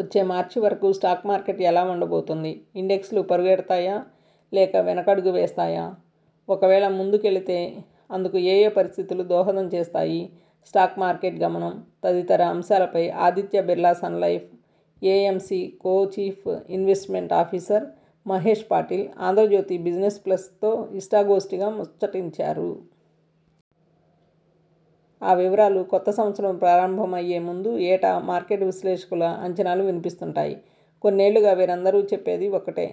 వచ్చే మార్చి వరకు stock market ఎలా ఉండ బోతోంది? ఇండెక్స్లు పరుగెడతాయా? లేక వెనకడుగు వేస్తాయా? ఒకవేళ ముందు కెళితే అందుకు ఏయే పరిస్థితులు దోహదం చేస్తాయి? స్టాక్ మార్కెట్ గమనం, తదితర అంశాలపై Aditya Birla Sun Life AMC co chief investment officer Mahesh Patil 'Andhra Jyothi business plus' తో ఇష్ఠాగోష్ఠిగా ముచ్చటించారు. ఆ వివరాలు కొత్త సంవత్సరం ప్రారంభమయ్యే ముందు ఏటా మార్కెట్ విశ్లేషకుల అంచనాలు వినిపిస్తుంటాయి. కొన్నేళ్లుగా వీరందరూ చెప్పేది ఒక్కటే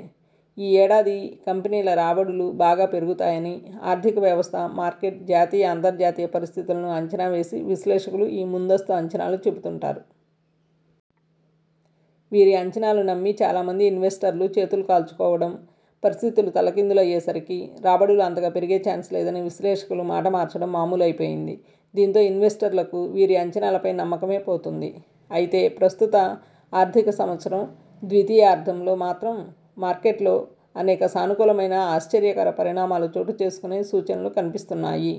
ఈ ఏడాది కంపెనీల రాబడులు బాగా పెరుగుతాయని. ఆర్థిక వ్యవస్థ, మార్కెట్, జాతీయ అంతర్జాతీయ పరిస్థితులను అంచనా వేసి విశ్లేషకులు ఈ ముందస్తు అంచనాలు చెబుతుంటారు. వీరి అంచనాలు నమ్మి చాలా మంది ఇన్వెస్టర్లు చేతులు కాల్చుకోవడం, పరిస్థితులు తలకిందులయ్యే సరికి రాబడులు అంత పెరిగే చాన్స్ లేదని విశ్లేషకులు మాట మార్చడం మామూ లైపోయింది. దీంతో ఇన్వెస్టర్లకు వీరి అంచనాలపై నమ్మకమే పోతుంది. అయితే ప్రస్తుత ఆర్థిక సంవత్సరం ద్వితీయార్ధంలో మాత్రం మార్కెట్లో అనేక సానుకూలమైన ఆశ్చర్యకర పరిణామాలు చోటు చేసుకునే సూచనలు కనిపిస్తున్నాయి.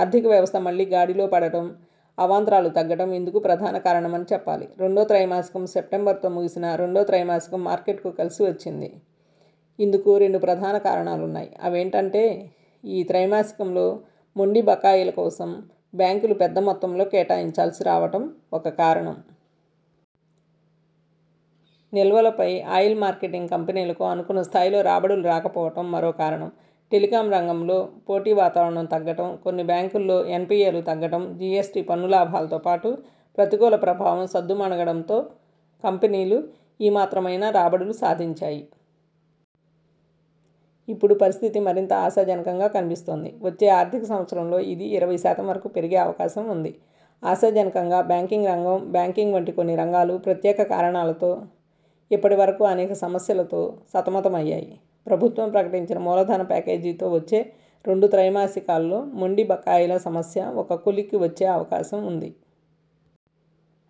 ఆర్థిక వ్యవస్థ మళ్లీ గాడిలో పడ డం, అవాంతరాలు తగ్గడం ఇందుకు ప్రధాన కారణమని చెప్పాలి. రెండో త్రైమాసికం సెప్టెంబరుతో ముగిసిన రెండో త్రైమాసికం మార్కెట్కు కలిసొచ్చింది. ఇందుకు రెండు ప్రధాన కారణాలున్నాయి. అవేంటంటే ఈ త్రైమాసికంలో మొండి బకాయిల కోసం బ్యాంకులు పెద్ద మొత్తంలో కేటాయించాల్సి రావడం ఒక కారణం. నిల్వల పై ఆయిల్ మార్కెటింగ్ కంపెనీలకు అనుకున్న స్థాయిలో రాబడులు రాకపోవడం మరో కారణం. టెలికాం రంగం లో పోటీ వాతావరణం తగ్గడం, కొన్ని బ్యాంకుల్లో ఎన్పిఎలు తగ్గడం, జిఎ్సటి పన్ను లాభాలతో పాటు, ప్రతికూల ప్రభావం సద్దుమణగడంతో కంపెనీలు ఈ మాత్రమైనా రాబడులు సాధించాయి. ఇప్పుడు పరిస్థితి మరింత ఆశాజనకంగా కనిపిస్తోంది. వచ్చే ఆర్థిక సంవత్సరంలో ఇది ఇరవై శాతం వరకు పెరిగే అవకాశం ఉంది. ఆశాజనకంగా బ్యాంకింగ్ రంగం బ్యాంకింగ్ వంటి కొన్ని రంగాలు ప్రత్యేక కారణాలతో ఇప్పటి వరకు అనేక సమస్యలతో సతమతమయ్యాయి. ప్రభుత్వం ప్రకటించిన మూల ధన ప్యాకేజితో వచ్చే రెండు త్రైమాసికా ల్లో మొండి బకాయుల సమస్య ఒక కొలిక్కి వచ్చే అవకాశం ఉంది.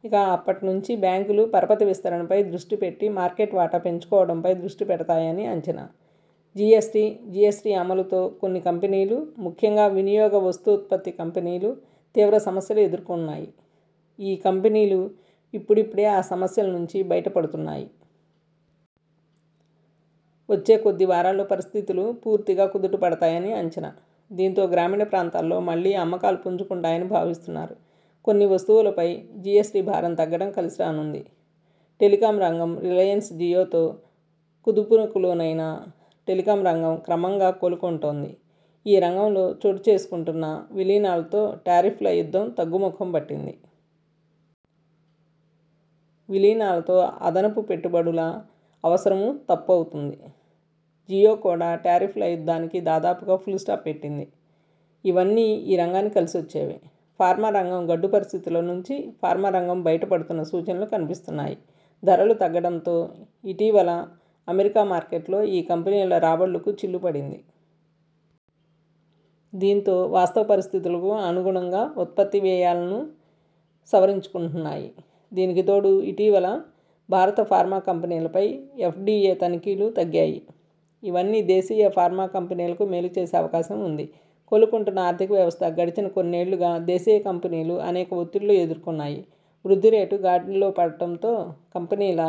ఇక అప్పటి నుంచి బ్యాంకులు పరపతి విస్తరణపై దృష్టి పెట్టి మార్కెట్ వాటా పెంచుకోవడంపై దృష్టి పెడతాయని అంచనా. జీఎస్టీ జీఎస్టీ అమలుతో కొన్ని కంపెనీలు, ముఖ్యంగా వినియోగ వస్తూత్పత్తి కంపెనీలు, తీవ్ర సమస్యలు ఎదుర్కొన్నాయి. ఈ కంపెనీలు ఇపుడిపుడే ఆ సమస్యల నుంచి బయట పడుతున్నాయి. వచ్చే కొద్ది వారాల్లో పరిస్థితులు పూర్తిగా కుదుట పడతాయని అంచనా. దీంతో గ్రామీణ ప్రాంతాల్లో మళ్లీ అమ్మకాలు పుంజుకుంటాయని భావిస్తున్నారు. కొన్ని వస్తువులపై జిఎ్సటి భారం తగ్గడం కలిసి రానుంది. టెలికాం రంగం రిలయన్స్ జియోతో కుదుపునకు లోనైన టెలికాం రంగం క్రమంగా కోలుకుంటోంది. ఈ రంగంలో చోటు చేసుకుంటున్న విలీనాలతో టారిఫ్ల యుద్ధం తగ్గుముఖం పట్టింది. విలీనాలతో అదనపు పెట్టుబడుల అవసరమూ తప్పుతుంది. జియో కూడా టారిఫ్ ల యుద్ధానికి దాదాపుగా ఫుల్ స్టాప్ పెట్టింది. ఇవన్నీ ఈ రంగానికి కలిసొచ్చేవే. ఫార్మా రంగం గడ్డు పరిస్థితుల నుంచి ఫార్మా రంగం బయట పడుతున్న సూచనలు కనిపిస్తున్నాయి. ధరలు తగ్గడంతో ఇటీవల అమెరికా మార్కెట్లో ఈ కంపెనీల రాబడులకు చిల్లు పడింది. దీంతో వాస్తవ పరిస్థితులకు అనుగుణంగా ఉత్పత్తి వ్యయాలనూ సవరించుకుంటున్నాయి. దీనికి తోడు ఇటీవల భారత ఫార్మా కంపెనీలపై ఎఫ్డిఎ తనిఖీలు తగ్గాయి. ఇవన్నీ దేశీయ ఫార్మా కంపెనీలకు మేలు చేసే అవకాశం ఉంది. కోలుకుంటున్న ఆర్థిక వ్యవస్థ గడచిన కొన్నేళ్లుగా దేశీయ కంపెనీలు అనేక ఒత్తిళ్లు ఎదుర్కొన్నాయి. వృద్ధి రేటు గాడిలో పడడంతో కంపెనీల